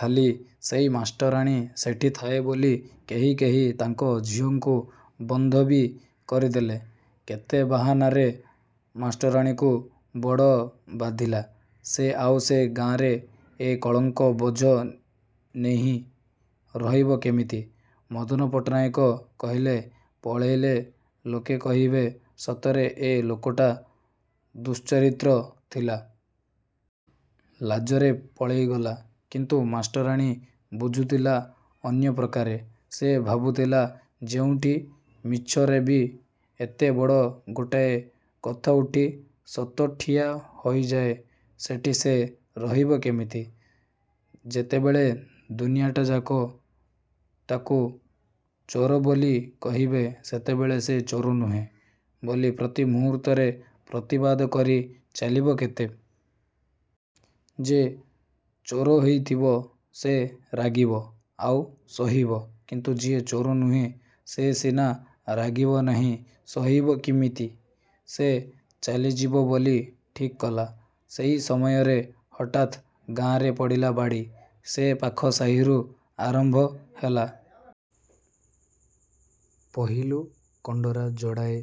ଖାଲି ସେଇ ମାଷ୍ଟରାଣୀ ସେଠି ଥାଏ ବୋଲି, କେହି କେହି ତାଙ୍କ ଝିଅଙ୍କୁ ବନ୍ଦବି କରିଦେଲେ କେତେ ବାହାନାରେ। ମାଷ୍ଟରାଣୀକୁ ବଡ଼ ବାଧିଲା। ସେ ଆଉ ସେ ଗାଁରେ ଏ କଳଙ୍କ ବୋଝ ନେହି ରହିବ କିମିତି? ମଦନପଟ୍ଟନାୟକ କହିଲେ 'ପଳେଇଲେ ଲୋକେ କହିବେ ସତରେ ଏ ଲୋକଟା ଦୁଶ୍ଚରିତ୍ର ଥିଲା। ଲାଜରେ ପଳେଇଗଲା। ' କିନ୍ତୁ ମାଷ୍ଟରାଣୀ ବୁଝୁଥିଲା ଅନ୍ୟ ପ୍ରକାରେ। ସେ ଭାବୁଥିଲା, ଯେଉଁଠି ମିଛରେବି ଏତେ ବଡ଼ ଗୋଟାଏ କଥା ଉଠି ସତ ଠିଆ ହୋଇଯାଏ ସେଠି ସେ ରହିବ କିମିତି? ଯେତେବେଳେ ଦୁନିଆଟାଯାକ ତାକୁ ଚୋର ବୋଲି କହିବେ, ସେତେବେଳେ ସେ ଚୋର ନୁହେଁ ବୋଲି ପ୍ରତି ମୁହୂର୍ତ୍ତରେ ପ୍ରତିବାଦ କରି ଚାଲିବ କେତେ! ଯେ ଚୋର ହେଇଥିବ ସେ ରାଗିବ ଆଉ ସହିବ। କିନ୍ତୁ ଯିଏ ଚୋର ନୁହେଁ ସେ ସିନା ରାଗିବ ନାହିଁ ସହିବ କିମିତି? ସେ ଚାଲିଯିବ ବୋଲି ଠିକ୍ କଲା। ସେଇ ସମୟରେ ହଠାତ ଗାଁରେ ପଡ଼ିଲା ବାଡ଼ି। ସେ ପାଖ ସାହିରୁ ଆରମ୍ଭ ହେଲା। ପହିଲୁ କଣ୍ଡରା ଯୋଡ଼ାଏ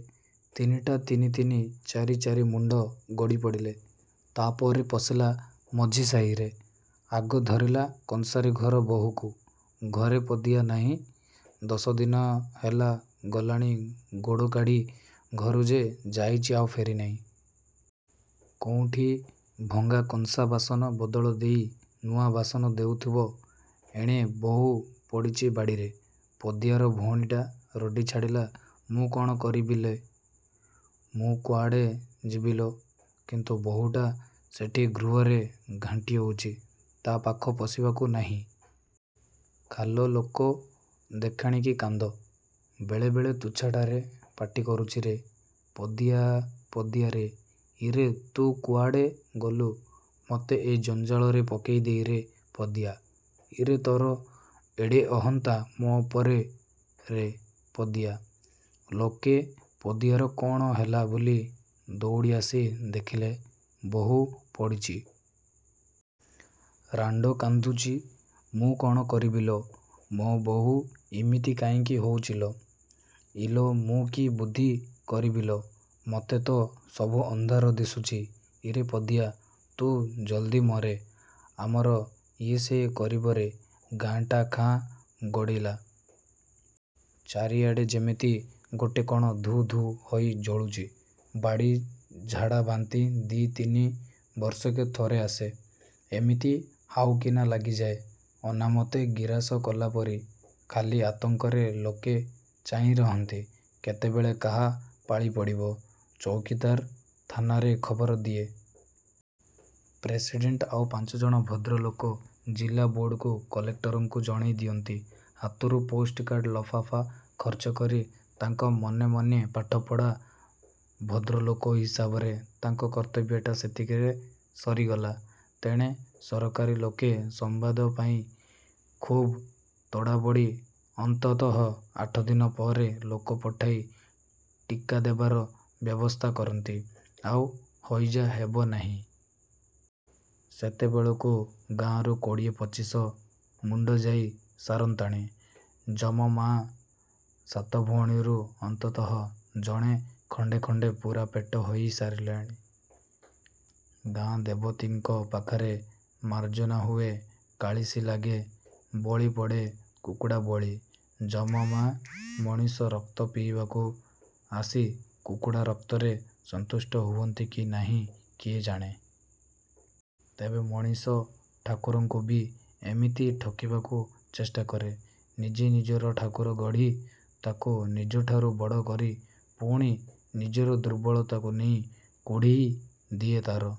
ତିନିଟା ତିନି ତିନି ଚାରି ଚାରି ମୁଣ୍ଡ ଗଡ଼ି ପଡ଼ିଲେ। ତା'ପରେ ପଶିଲା ମଝି ସାହିରେ। ଆଗ ଧରିଲା କଂସାରି ଘର ବହୂକୁ। ଘରେ ପଦିଆ ନାହିଁ। ଦଶଦିନ ହେଲା ଗଲାଣି ଗୋଡ଼ କାଢ଼ି ଘରୁ ଯେ, ଯାଇଚି ଆଉ ଫେରି ନାହିଁ। କୋଉଁଠି ଭଙ୍ଗା କଂସା ବାସନ ବଦଳ ଦେଇ ନୂଆ ବାସନ ଦେଉଥିବ। ଏଣେ ବହୂ ପଡ଼ିଚି ବାଡ଼ିରେ । ପଦିଆର ଭଉଣୀଟା ରଡ଼ି ଛାଡ଼ିଲା ''ମୁଁ କ'ଣ କରିବିଲୋ! ମୁଁ କୁଆଡ଼େ ଯିବିଲୋ! '' କିନ୍ତୁ ବହୂଟା ସେଠି ଗୃହରେ ଘାଣ୍ଟି ହେଉଚି ତା' ପାଖ ପଶିବାକୁ ନାହିଁ। ଖାଲ ଲୋକ ଦେଖାଣିକି କାନ୍ଦ। ବେଳେ ବେଳେ ତୁଚ୍ଛାଟାରେ ପାଟି କରୁଚି''ରେ ପଦିଆ ପଦିଆରେ ଇରେ ତୁ କୁଆଡ଼େ ଗଲୁ ମୋତେ ଏ ଜଞ୍ଜାଳରେ ପକେଇ ଦେଇରେ ପଦିଆ ଇରେ ତୋର ଏଡ଼େ ଅହନ୍ତା ମୋ ଉପରେରେ ପଦିଆ। '' ଲୋକେ ପଦିଆର କ'ଣ ହେଲା ବୋଲି ଦଉଡ଼ି ଆସି ଦେଖିଲେ, ବହୂ ପଡ଼ିଚି। ରାଣ୍ଡ କାନ୍ଦୁଚି 'ମୁଁ କ'ଣ କରିବିଲୋ ମୋ ବହୂ ଇମିତି କାହିଁକି ହଉଚିଲୋ। ଇଲୋ ମୁଁ କି ବୁଦ୍ଧି କରିବିଲୋ। ମୋତେ ତ ସବୁ ଅନ୍ଧାର ଦିଶୁଚି ଇରେ ପଦିଆ, ତୁ ଜଲ୍ଦି ମରେ ଆମର କିଏ ସେ କରିବରେ। '' ଗାଁଟା ଖାଁ ଗୋଡ଼ିଲା। ଚାରିଆଡ଼େ ଯେମିତି ଗୋଟେ କ'ଣ ଧୁ ଧୁ ହୋଇ ଜଳୁଛି। ବାଡ଼ି ଝାଡ଼ାବାନ୍ତି ଦି'ତିନି ବର୍ଷକେ ଥରେ ଆସେ। ଏମିତି ହାଉକିନା ଲାଗିଯାଏ। ଅନାମତେ ଗିରାସ କଲା ପରି। ଖାଲି ଆତଙ୍କରେ ଲୋକେ ଚାହିଁ ରହନ୍ତି, କେତେବେଳେ କାହା ପାଳି ପଡ଼ିବ। ଚଉକିଦାର ଥାନାରେ ଖବର ଦିଏ। ପ୍ରେସିଡେଣ୍ଟ, ଆଉ ପାଞ୍ଚଜଣ ଭଦ୍ରଲୋକ ଜିଲାବୋର୍ଡ଼କୁ, କଲେକ୍ଟରଙ୍କୁ ଜଣେଇ ଦିଅନ୍ତି ହାତରୁ ପୋଷ୍ଟକାର୍ଡ଼ ଲଫାପା ଖର୍ଚ୍ଚ କରି, ତାଙ୍କ ମନେ ମନେ ପାଠ ପଢ଼ା ଭଦ୍ରଲୋକ ହିସାବରେ ତାଙ୍କ କର୍ତ୍ତବ୍ୟଟା ସେତିକିରେ ସରିଗଲା। ତେଣେ ସରକାରୀ ଲୋକେ ସମ୍ବାଦ ପାଇ ଖୁବ୍ ତଡ଼ାବଡ଼ି ଅନ୍ତତଃ ଆଠଦିନ ପରେ ଲୋକ ପଠାଇ ଟିକା ଦେବାର ବ୍ୟବସ୍ଥା କରନ୍ତି ଆଉ ହଇଜା ହେବ ନାହିଁ। ସେତେବେଳକୁ ଗାଁରୁ କୋଡ଼ିଏ ପଚିଶ ମୁଣ୍ଡ ଯାଇ ସାରନ୍ତାଣି। ଯମ ମା ସାତ ଭଉଣୀରୁ ଅନ୍ତତଃ ଜଣେ ଖଣ୍ଡେ ଖଣ୍ଡେ ପୂରାପେଟ ହେଇ ସାରିଲେଣି। ଗାଁ ଦେବତୀଙ୍କ ପାଖରେ ମାର୍ଜନା ହୁଏ କାଳିସୀ ଲାଗେ। ବଳି ପଡ଼େ କୁକୁଡ଼ା ବଳି। ଯମ ମା ମଣିଷ ରକ୍ତ ପିଇବାକୁ ଆସି କୁକୁଡ଼ା ରକ୍ତରେ ସନ୍ତୁଷ୍ଟ ହୁଅନ୍ତି କି ନାହିଁ କିଏ ଜାଣେ! ତେବେ ମଣିଷ ଠାକୁରଙ୍କୁବି ଏମିତି ଠକିବାକୁ ଚେଷ୍ଟା କରେ। ନିଜେ ନିଜର ଠାକୁର ଗଢ଼ି, ତାକୁ ନିଜଠାରୁ ବଡ଼ କରି ପୁଣି ନିଜର ଦୁର୍ବଳତାକୁ ନେଇ କୁଢ଼େଇ ଦିଏ ତା'ର